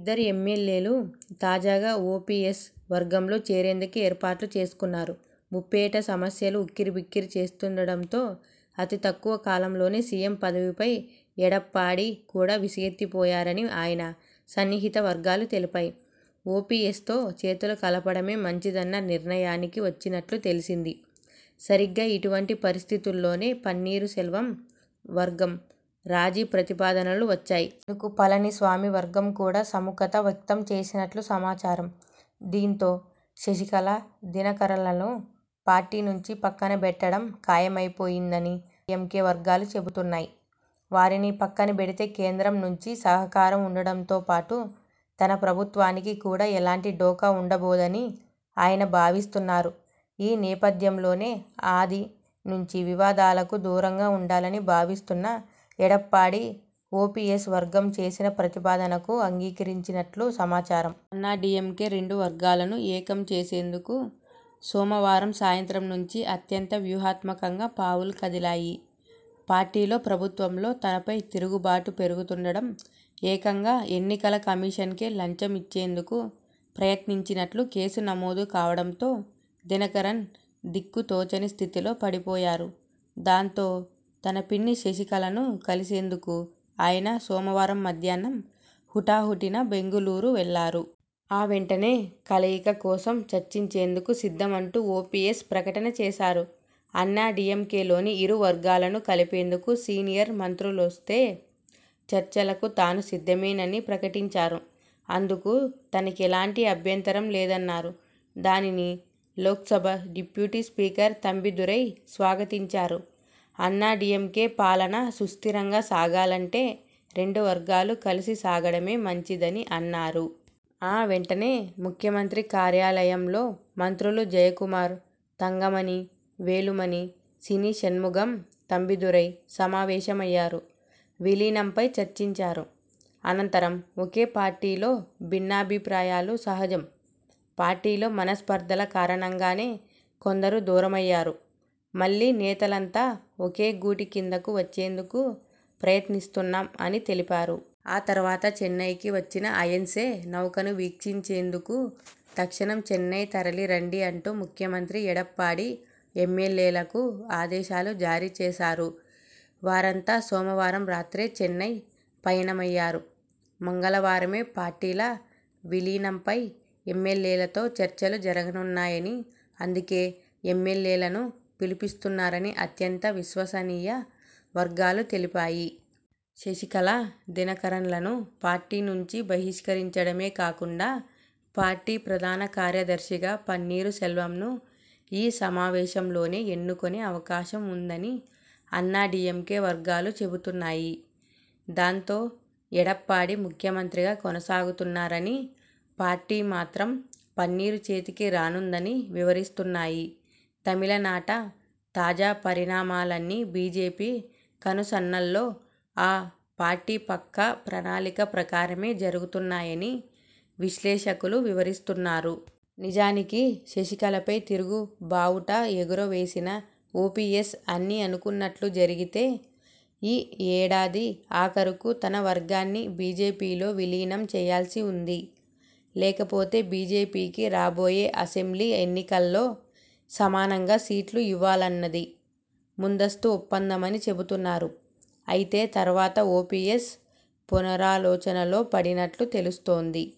ఇద్దరు ఎమ్మెల్యేలు తాజాగా ఓపీఎస్ వర్గంలో చేరేందుకు ఏర్పాట్లు చేసుకున్నారు. ముప్పేట సమస్యలు ఉక్కిరిబిక్కిరి చేస్తుండడంతో అతి తక్కువ కాలంలోనే సీఎం పదవిపై ఎడప్పాడి కూడా విసుగెత్తిపోయారని ఆయన సన్నిహిత వర్గాలు తెలిపాయి. ఓపీఎ్సతో చేతులు కలపడమే మంచిదన్న నిర్ణయానికి వచ్చినట్లు తెలిసింది. సరిగ్గా, ఇటువంటి పరిస్థితుల్లోనే పన్నీరు సెల్వం వర్గం రాజీ ప్రతిపాదనలు వచ్చాయి. పళని స్వామి వర్గం కూడా సుముఖత వ్యక్తం చేసినట్లు సమాచారం. దీంతో, శశికళ, దినకరలలను పార్టీ నుంచి పక్కనబెట్టడం ఖాయమైపోయిందని ఎంకే వర్గాలు చెబుతున్నాయి. వారిని పక్కనబెడితే కేంద్రం నుంచి సహకారం ఉండడంతోపాటు తన ప్రభుత్వానికి కూడా ఎలాంటి ఢోకా ఉండబోదని ఆయన భావిస్తున్నారు ఈ నేపథ్యంలోనే, ఆది నుంచీ వివాదాలకు దూరంగా ఉండాలని భావిస్తున్న ఎడప్పాడి ఓపీఎస్ వర్గం చేసిన ప్రతిపాదనకు అంగీకరించినట్లు సమాచారం. అన్నాడీఎంకే రెండు వర్గాలనూ ఏకం చేసేందుకు సోమవారం సాయంత్రం నుంచి అత్యంత వ్యూహాత్మకంగా పావులు కదిలాయి. పార్టీలో, ప్రభుత్వంలో తనపై తిరుగుబాటు పెరుగుతుండడం, ఏకంగా ఎన్నికల కమిషన్కే లంచం ఇచ్చేందుకు ప్రయత్నించినట్లు కేసు నమోదు కావడంతో దినకరన్ దిక్కు తోచని స్థితిలో పడిపోయారు. దాంతో, తన పిన్ని శశికళను కలిసేందుకు ఆయన సోమవారం మధ్యాన్నం హుటాహుటిన బెంగుళూరు వెళ్లారు. ఆ వెంటనే, 'కలయిక కోసం చర్చించేందుకు సిద్ధం' అంటూ ఓపీఎస్ ప్రకటన చేశారు. అన్నాడీఎంకేలోని ఇరు వర్గాలను కలిపేందుకు సీనియర్ మంత్రులొస్తే చర్చలకు తాను సిద్ధమేనని ప్రకటించారు. అందుకు తనకెలాంటి అభ్యంతరం లేదన్నారు. దానిని, లోక్సభ డిప్యూటీ స్పీకర్ తంబిదురై స్వాగతించారు. అన్నాడీఎంకే పాలన సుస్థిరంగా సాగాలంటే రెండు వర్గాలు కలిసి సాగడమే మంచిదని అన్నారు. ఆ వెంటనే, ముఖ్యమంత్రి కార్యాలయంలో మంత్రులు జయకుమార్, తంగమణి, వేలుమణి, సీనీ షణ్ముగం, తంబిదురై సమావేశమయ్యారు. విలీనంపై చర్చించారు. అనంతరం ''ఒకే పార్టీలో భిన్నాభిప్రాయాలు సహజం. పార్టీలో మనస్పర్ధల కారణంగానే కొందరు దూరమయ్యారు. మళ్లీ నేతలంతా ఒకే గూటి కిందకు వచ్చేందుకు ప్రయత్నిస్తున్నాం'' అని తెలిపారు. ఆ తర్వాత 'చెన్నైకి వచ్చిన ఐఎనఎ్స నౌకను వీక్షించేందుకు తక్షణం చెన్నై తరలి రండి' అంటూ ముఖ్యమంత్రి ఎడప్పాడి ఎమ్మెల్యేలకు ఆదేశాలు జారీ చేశారు. వారంతా సోమవారం రాత్రే చెన్నై పయనమయ్యారు. మంగళవారమే పార్టీల 'విలీనం'పై ఎమ్మెల్యేలతో చర్చలు జరగనున్నాయని, అందుకే ఎమ్మెల్యేలను పిలిపిస్తున్నారని అత్యంత విశ్వసనీయ వర్గాలు తెలిపాయి. శశికళ, దినకరన్లను పార్టీ నుంచి బహిష్కరించడమే కాకుండా పార్టీ ప్రధాన కార్యదర్శిగా పన్నీరు సెల్వంను ఈ సమావేశంలోనే ఎన్నుకొనే అవకాశం ఉందని అన్నాడీఎంకే వర్గాలు చెబుతున్నాయి. దాంతో, ఎడప్పాడి ముఖ్యమంత్రిగా కొనసాగుతున్నారని, పార్టీ మాత్రం పన్నీరు చేతికి రానుందని వివరిస్తున్నాయి. తమిళనాట తాజా పరిణామాలన్నీ బీజేపీ కనుసన్నల్లో, ఆ పార్టీ పక్కా ప్రణాళిక ప్రకారమే జరుగుతున్నాయని విశ్లేషకులు వివరిస్తున్నారు. నిజానికి, శశికళపై తిరుగు బావుటా ఎగుర వేసిన ఓపీఎస్ అన్నీ అనుకున్నట్లు జరిగితే ఈ ఏడాది ఆఖరుకు తన వర్గాన్ని బీజేపీలో విలీనం చెయ్యాల్సి ఉంది. లేకపోతే బీజేపీకి రాబోయే అసెంబ్లీ ఎన్నికల్లో సమానంగా సీట్లు ఇవ్వాలన్నది ముందస్తు ఒప్పందమని చెబుతున్నారు. అయితే తర్వాత ఓపీఎస్ పునరాలోచనలో పడినట్లు తెలుస్తోంది.